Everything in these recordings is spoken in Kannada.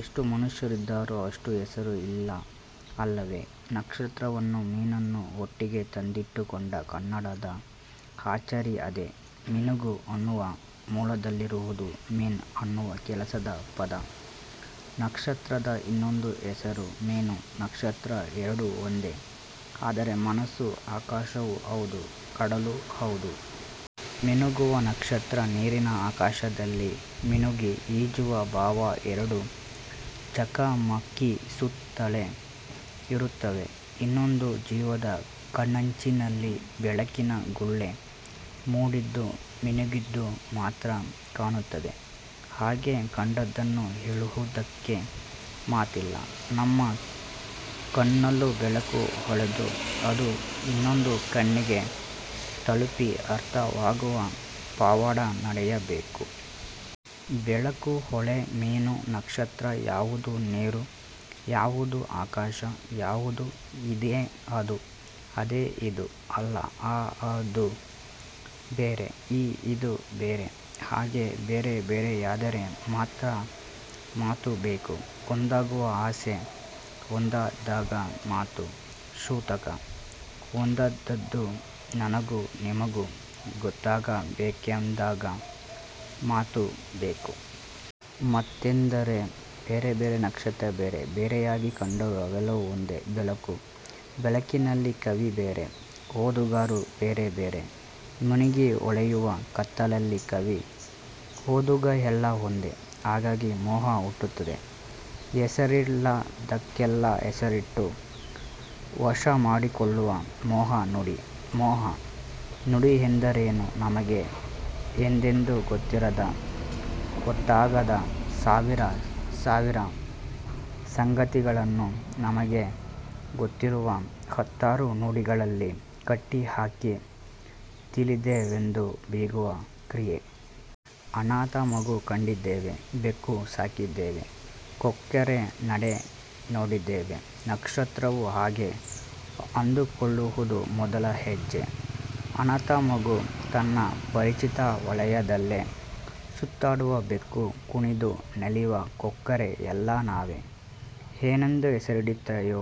ಎಷ್ಟು ಮನುಷ್ಯರಿದ್ದಾರೋ ಅಷ್ಟು ಹೆಸರು ಇಲ್ಲ ಅಲ್ಲವೇ? ನಕ್ಷತ್ರವನ್ನೂ ಮೀನನ್ನೂ ಒಟ್ಟಿಗೆ ತಂದಿಟ್ಟುಕೊಂಡ ಕನ್ನಡದ ಅಚ್ಚರಿ ಅದೇ. ಮಿನುಗು ಅನ್ನುವ ಮೂಲದಲ್ಲಿರುವುದು ಮೀನ್ ಅನ್ನುವ ಕೆಲಸದ ಪದ. ನಕ್ಷತ್ರದ ಇನ್ನೊಂದು ಹೆಸರು. ಮೀನು ನಕ್ಷತ್ರ ಎರಡೂ ಒಂದೇ ಅಂದರೆ ಮನಸ್ಸು ಆಕಾಶವೂ ಹೌದು, ಕಡಲೂ ಹೌದು. ಮಿನುಗುವ ನಕ್ಷತ್ರ, ನೀರಿನ ಆಕಾಶದಲ್ಲಿ ಮಿನುಗಿ ಈಜುವ ಭಾವ ಎರಡೂ ಚಕಮಕಿಸುತ್ತಲೇ ಇರುತ್ತವೆ. ಇನ್ನೊಂದು ಜೀವದ ಕಣ್ಣಂಚಿನಲ್ಲಿ ಬೆಳಕಿನ ಗುಳ್ಳೆ ಮೂಡಿದ್ದು ಮಿನುಗಿದ್ದು ಮಾತ್ರ ಕಾಣುತ್ತದೆ. ಹಾಗೆ ಕಂಡದ್ದನ್ನು ಹೇಳುವುದಕ್ಕೆ ಮಾತಿಲ್ಲ. ನಮ್ಮ ಕಣ್ಣಲ್ಲೂ ಬೆಳಕು ಹೊಳೆದು ಅದು ಇನ್ನೊಂದು ಕಣ್ಣಿಗೆ ತಲುಪಿ ಅರ್ಥವಾಗುವ ಪವಾಡ ನಡೆಯಬೇಕು. ಬೆಳಕು, ಹೊಳೆ, ಮೀನು, ನಕ್ಷತ್ರ ಯಾವುದು ನೀರು, ಯಾವುದು ಆಕಾಶ, ಯಾವುದು ಇದೇ ಅದು, ಅದೇ ಇದು. ಅಲ್ಲ ಆ ಅದು ಬೇರೆ, ಈ ಇದು ಬೇರೆ. ಹಾಗೆ ಬೇರೆಬೇರೆಯಾದರೆ ಮಾತ್ರ ಮಾತು ಬೇಕು. ಒಂದಾಗುವ ಆಸೆ. ಒಂದಾದಾಗ ಮಾತು ಸೂತಕ. ಒಂದಾದದ್ದು ನನಗೂ ನಿಮಗೂ ಗೊತ್ತಾಗಬೇಕೆಂದಾಗ ಮಾತು ಬೇಕು. ಮಾತೆಂದರೆ ಬೇರೆ ಬೇರೆ ನಕ್ಷತ್ರ ಬೇರೆ ಬೇರೆಯಾಗಿ ಕಂಡರೂ ಅವೆಲ್ಲವೂ ಒಂದೇ ಬೆಳಕು. ಬೆಳಕಿನಲ್ಲಿ ಕವಿ ಬೇರೆ, ಓದುಗರು ಬೇರೆ ಬೇರೆ. ಮಿನುಗಿ ಹೊಳೆಯುವ ಕತ್ತಲಲ್ಲಿ ಕವಿ, ಓದುಗ ಎಲ್ಲಾ ಒಂದೇ. ಹಾಗಾಗಿ ಮೋಹ ಹುಟ್ಟುತ್ತದೆ. ಹೆಸರಿಲ್ಲದ್ದಕ್ಕೆಲ್ಲ ಹೆಸರಿಟ್ಟು ವಶಮಾಡಿಕೊಳ್ಳುವ ಮೋಹ. ನುಡಿ ಮೋಹ. ನುಡಿಯೆಂದರೇನು ನಮಗೆ ಎಂದೆಂದೂ ಗೊತ್ತಿರದ, ಗೊತ್ತಾಗದ ಸಾವಿರ ಸಾವಿರ ಸಂಗತಿಗಳನ್ನು ನಮಗೆ ಗೊತ್ತಿರುವ ಹತ್ತಾರು ನುಡಿಗಳಲ್ಲಿ ಕಟ್ಟಿಹಾಕಿ ತಿಳಿದೆವೆಂದು ಬೀಗುವ ಕ್ರಿಯೆ. ಅನಾಥ ಮಗು ಕಂಡಿದ್ದೇವೆ, ಬೆಕ್ಕು ಸಾಕಿದ್ದೇವೆ, ಕೊಕ್ಕರೆ ನಡೆ ನೋಡಿದ್ದೇವೆ ನಕ್ಷತ್ರವೂ ಹಾಗೆ ಅಂದುಕೊಳ್ಳುವುದು ಮೊದಲ ಹೆಜ್ಜೆ. ಅನಾಥ ಮಗು, ತನ್ನ ಪರಿಚಿತ ವಲಯದಲ್ಲೇ ಸುತ್ತಾಡುವ ಬೆಕ್ಕು, ಕುಣಿದು ನಲಿವ ಕೊಕ್ಕರೆ ಎಲ್ಲಾ ನಾವೇ, ಏನೆಂದು ಹೆಸರಿಡುತ್ತೇವೋ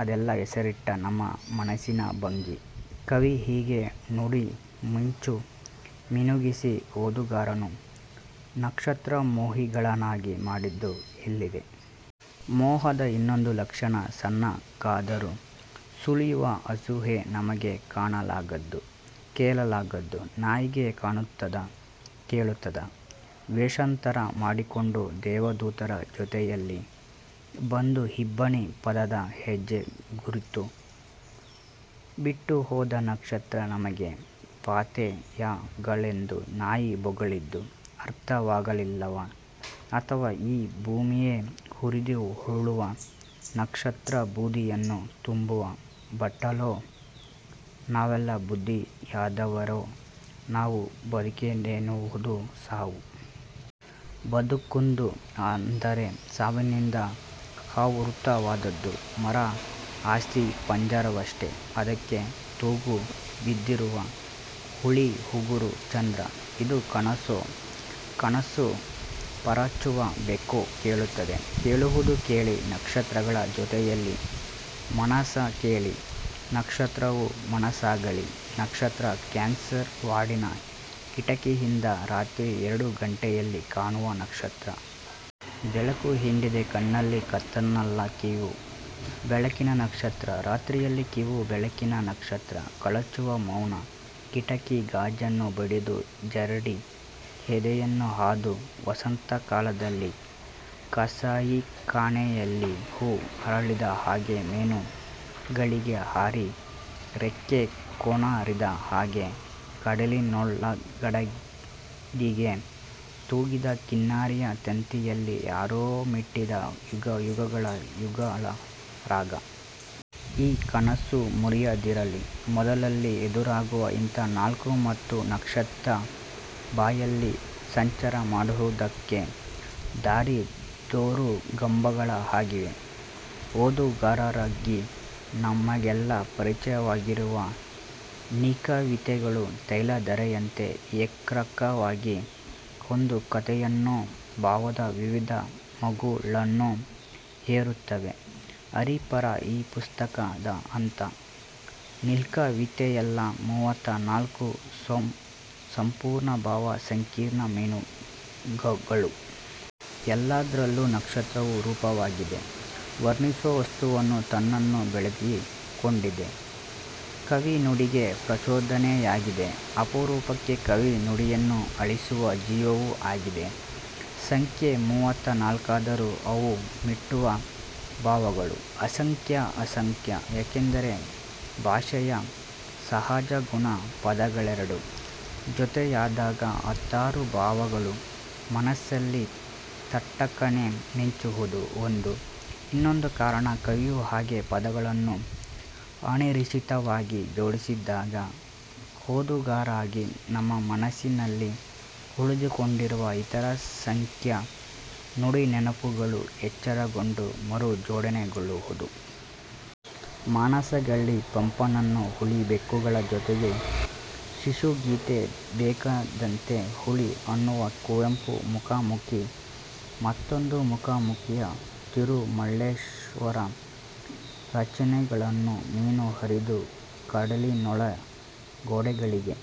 ಅದೆಲ್ಲ ಹೆಸರಿಟ್ಟ ನಮ್ಮ ಮನಸಿನ ಭಂಗಿ. ಕವಿ ಹೀಗೆ ನುಡಿಮಿಂಚು ಮಿನುಗಿಸಿ ಓದುಗರನ್ನೂ ನಕ್ಷತ್ರಮೋಹಿಗಳನ್ನಾಗಿ ಮಾಡಿದ್ದು ಇಲ್ಲಿದೆ. ಮೋಹದ ಇನ್ನೊಂದು ಲಕ್ಷಣ ಸಣ್ಣಗಾದರೂ ಸುಳಿಯುವ ಅಸೂಯೆ. ನಮಗೆ ಕಾಣಲಾಗದ್ದು, ಕೇಳಲಾಗದ್ದು ನಾಯಿಗೆ ಕಾಣುತ್ತದಾ, ಕೇಳುತ್ತದಾ? ವೇಷಾಂತರ ಮಾಡಿಕೊಂಡು ದೇವದೂತರ ಜೊತೆಯಲ್ಲಿ ಬಂದು ಇಬ್ಬನಿ ಪಾದದ ಹೆಜ್ಜೆ ಗುರುತು ಬಿಟ್ಟು ಹೋದ ನಕ್ಷತ್ರ ನಮಗೆ ಪತ್ತೆಯಾಗಲೆಂದು ನಾಯಿ ಬೊಗಳಿದ್ದು ಅರ್ಥವಾಗಲಿಲ್ಲವಾ? ಅಥವಾ ಈ ಭೂಮಿಯೇ ಉರಿದು ಉರುಳುವ ನಕ್ಷತ್ರಬೂದಿಯನ್ನು ತುಂಬುವ ಬಟ್ಟಲೋ ನಾವೆಲ್ಲ ಬೂದಿಯಾದವರೋ ನಾವು ಬದುಕೆನ್ನುವುದು ಸಾವು. ಬರ್ದುಂಕು ಅಂದರೆ ಸಾವಿನಿಂದ ಆವೃತ್ತವಾದದ್ದು. ಮರ ಅಸ್ತಿಪಂಜರವಷ್ಟೇ ಅದಕ್ಕೆ ತೂಗುಬಿದ್ದಿರುವ ಹುಲಿಯುಗುರು ಚಂದ್ರ. ಇದು ಕನಸೋ? ಕನಸು ಪರಚುವ ಬೆಕ್ಕು ಕೇಳುತ್ತದೆ. ಕೇಳುವುದು ಕೇಳಿ ನಕ್ಷತ್ರಗಳ ಜೊತೆಯಲ್ಲಿ ಮಾನಸ ಕೇಳಿ ನಕ್ಷತ್ರವು ಮಾನಸಗಳ್ಳಿ. ನಕ್ಷತ್ರ ಕ್ಯಾನ್ಸರ್ ವಾರ್ಡಿನ ಕಿಟಕಿಯಿಂದ ರಾತ್ರಿ ಎರಡು ಗಂಟೆಯಲ್ಲಿ ಕಾಣುವ ನಕ್ಷತ್ರ. 'ಬೆಳಕು ಹಿಂಡಿದೆ ಕಣ್ಣಲ್ಲಿ ಕತ್ತಲನ್ನಲ್ಲ ಕೀವು ಬೆಳಕಿನ ನಕ್ಷತ್ರ'. ರಾತ್ರಿಯಲ್ಲಿ ಕೀವು ಬೆಳಕಿನ ನಕ್ಷತ್ರ ಕಳಚುವ ಮೌನ ಕಿಟಕಿ ಗಾಜನ್ನು ಬಡಿದು ಜರಡಿ ಎದೆಯನ್ನು ಹಾಯ್ದು ವಸಂತಕಾಲದಲ್ಲಿ ಕಸಾಯಿಖಾನೆಯಲ್ಲಿ ಹೂ ಅರಳಿದ ಹಾಗೆ ಮೀನು ಗಾಳಿಗೆ ಹಾರಿ ರೆಕ್ಕೆ ಕೊನರಿದ ಹಾಗೆ 'ಕಡಲಿನೊಳಗೋಡೆಗಳಿಗೆ ತೂಗಿದ ಕಿನ್ನರಿಯ ತಂತಿಯಲಿ ಯಾರೋ ಮೀಟಿದ ಯುಗ ಯುಗಗಳ ಯುಗಳ ರಾಗ'. ಈ ಕನಸು ಮುರಿಯದಿರಲಿ. ಮೊದಲಲ್ಲಿ ಎದುರಾಗುವ ಇಂಥ ನಾಲ್ಕು ಮಾತು ನಕ್ಷತ್ರಬಯಲ್ಲಿ ಸಂಚಾರ ಮಾಡುವುದಕ್ಕೆ ದಾರಿದೋರುಗಂಬಗಳ ಹಾಗಿವೆ. ಓದುಗರಾಗಿ ನಮಗೆಲ್ಲ ಪರಿಚಿತವಾಗಿರುವ ನೀಳ್ಗವಿತೆಗಳು ತೈಲಧಾರೆಯಂತೆ ಏಕಾಗ್ರವಾಗಿ ಒಂದು ಕಥೆಯನ್ನೋ ಭಾವದ ವಿವಿಧ ಮಗ್ಗುಲನ್ನೋ ಎರೆಯುತ್ತವೆ. ಅರೀಫರ ಈ ಪುಸ್ತಕ ಅಂಥ ನೀಳ್ಗವಿತೆಯಲ್ಲ, ಮೂವತ್ತ ನಾಲ್ಕು ಸ್ವಸಂಪೂರ್ಣ ಭಾವ ಸಂಕೀರ್ಣ ಮಿನುಗುಗಳು. ಎಲ್ಲದರಲ್ಲೂ ನಕ್ಷತ್ರವು ರೂಪಕವಾಗಿದೆ. ವರ್ಣಿಸುವ ವಸ್ತುವನ್ನೂ ತನ್ನನ್ನೂ ಬೆಳಗಿಕೊಂಡಿದೆ. ಕವಿ ನುಡಿಗೆ ಪ್ರಚೋದನೆಯಾಗಿದೆ, ಅಪರೂಪಕ್ಕೆ ಕವಿ ನುಡಿಯನ್ನು ಆಲಿಸುವ ಜೀವವೂ ಆಗಿದೆ. ಸಂಖ್ಯೆ ಮೂವತ್ತನಾಲ್ಕಾದರೂ ಅವು ಮೀಟುವ ಭಾವಗಳು ಅಸಂಖ್ಯ. ಅಸಂಖ್ಯ ಯಾಕೆಂದರೆ ಭಾಷೆಯ ಸಹಜ ಗುಣ ಪದಗಳೆರಡು ಜೊತೆಯಾದಾಗ ಹತ್ತಾರು ಭಾವಗಳು ಮನಸ್ಸಲ್ಲಿ ತಟಕ್ಕನೆ ಮಿಂಚುವುದು ಒಂದು, ಇನ್ನೊಂದು ಕಾರಣ ಕವಿಯು ಹಾಗೆ ಪದಗಳನ್ನು ಅನಿರೀಕ್ಷಿತವಾಗಿ ಜೋಡಿಸಿದಾಗ ಓದುಗರಾಗಿ ನಮ್ಮ ಮನಸ್ಸಿನಲ್ಲಿ ಉಳಿದುಕೊಂಡಿರುವ ಇತರ ಅಸಂಖ್ಯ ನುಡಿನೆನಪುಗಳು ಎಚ್ಚರಗೊಂಡು ಮರುಜೋಡಣೆಗೊಳ್ಳುವುದು. ಮಾನಸಗಳ್ಳಿ ಪಂಪನನ್ನು, ಹುಲಿ-ಬೆಕ್ಕುಗಳ ಜೊತೆಯು ಶಿಶುಗೀತೆ, ಬೆಕ್ಕಾದಂತೆ ಹುಲಿ ಅನ್ನುವ ಕುವೆಂಪು, ಮುಖಾಮುಖಿ, ಮತ್ತೊಂದು ಮುಖಾಮುಖಿಯ ತಿರುಮಲೇಶರ ರಚನೆಗಳನ್ನೂ, ಮೀನು ಹಾರಿದ್ದು ಕಡಲಿನೊಳಗೋಡೆಗಳಿಗೆ